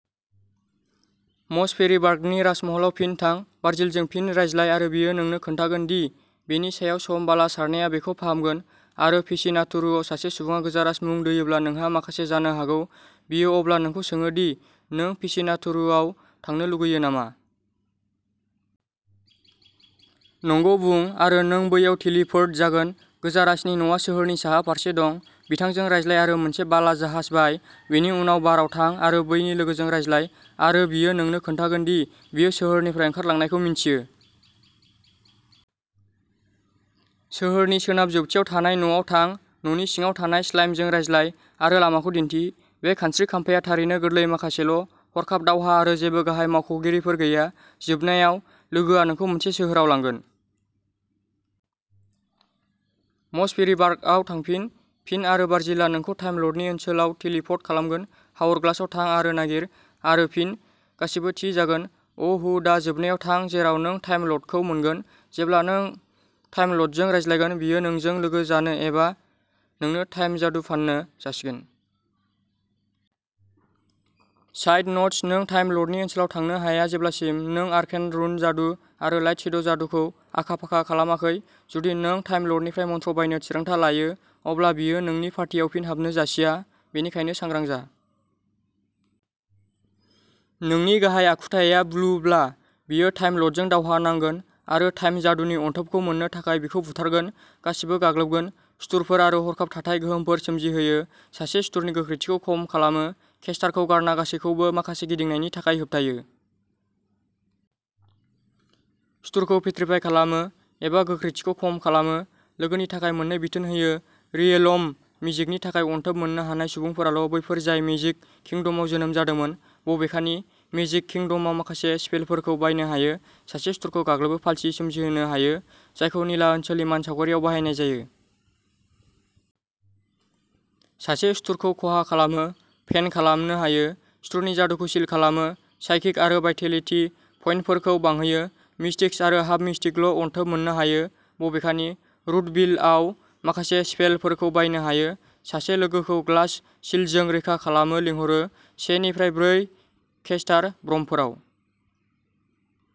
मसपेरिबार्गनि राजमहलाव फिन थां। भार्जिलजों फिन रायज्लाय आरो बियो नोंनो खोन्थागोन दि बेनि सायाव सम बाला सारनाया बेखौ फाहामगोन आरो फेसिनातुरुआव सासे सुबुङा गोजारास मुं दोयोब्ला नोंहा माखासे जानो हागौ। बियो अब्ला नोंखौ सोङो दि नों फेसिनातुरुआव थांनो लुगैयो नामा? नंगौ बुं आरो नों बैयाव टेलिपोर्ट जागोन। गोजारासनि न'आ सोहोरनि साहा फारसे दं। बिथांजों रायज्लाय आरो मोनसे बाला जाहाज बाय, बेनि उनाव बारआव थां आरो बैनि लोगोजों रायज्लाय आरो बियो नोंनो खोन्थागोन दि बियो सोहोरनिफ्राय ओंखारलांनायखौ मिन्थियो। सोहोरनि सोनाब जोबथियाव थानाय न'आव थां। न'नि सिङाव थानाय स्लाइमजों रायज्लाय आरो लामाखौ दिन्थि। बे खानस्रि खाम्फाया थारैनो गोरलै माखासेल'। हरखाब दावहा आरो जेबो गाहाय मावख'गिरिफोर गैया। जोबनायाव, लोगोआ नोंखौ मोनसे सोहोराव लांगोन। मसपेरिबार्गआव थांफिन फिन आरो भार्जिलआ नोंखौ टाइम लर्डनि ओनसोलाव टेलिप'र्ट खालामगोन। हावरग्लासआव थां आरो नागिर आरो फिन, गासैबो थि जागोन, उ हु दा जोबनायाव थां जेराव नों टाइम लर्डखौ मोनगोन। जेब्ला नों टाइम लर्डजों रायज्लायगोन बियो नोंजों लोगो जानो एबा नोंनो टाइम जादु फाननो जासिगोन। साइड न'ट्स नों टाइम लर्डनि ओनसोलाव थांनो हाया जेब्लासिम नों आर्केन रुन जादु आरो लाइटशैड'जादुखौ आखा-फाखा खालामाखै। जुदि नों टाइम लर्डनिफ्राय मंत्र बायनो थिरांथा लायो, अब्ला बियो नोंनि पार्टियाव फिन हाबनो जासिया, बेनिखायनो सांग्रां जा। नोंनि गाहाय आखुथाया ब्लुब्ला, बियो टाइम लर्डजों दावहा नांगोन आरो टाइम जादुनि अनथोबखौ मोननो थाखाय बिखौ बुथारगोन। गासिबो गाग्लोबगोन। सुथुरफोर आरो हरखाब थाथाय गोहोमफोर सोमजिहोयो। सासे सुथुरनि गोख्रैथिखौ खम खालामो। केस्टारखौ गारना गासैखौबो माखासे गिदिंनायनि थाखाय होबथायो। सुथुरखौ पेत्रिफाइ खालामो एबा गोख्रैथिखौ खम खालामो। लोगोनि थाखाय मोननै बिथोन होयो। रियेलम मेजिकनि थाखाय अनथोब मोन्नो हानाय सुबुंफोराल' बैफोर जाय मेजिक किंडमआव जोनोम जादोंमोन। बबेखानि, मेजिक किंडमआव माखासे स्पेलफोरखौ बायनो हायो। सासे सुथुरखौ गाग्लोबो पाल्सि सोमजिहोनो हायो, जायखौ निला ओनसोलनि मानसावगारिआव बाहायनाय जायो। सासे सुथुरखौ खहा खालामो, फेन्ट खालामनो हायो, सुथुरनि जादुखौ सिल खालामो। साइकिक आरो भाइटेलिटि पइन्टफोरखौ बांहोयो। मिस्टिक्स आरो हाफ मिस्टिकल' अनथोब मोन्नो हायो बबेखानि, रूटभिल आव माखासे स्पेलफोरखौ बायनो हायो। सासे लोगोखौ ग्लास शील्डजों रैखा खालामो लेंहरो से निफ्राय ब्रै केस्टार भ्रमफोराव।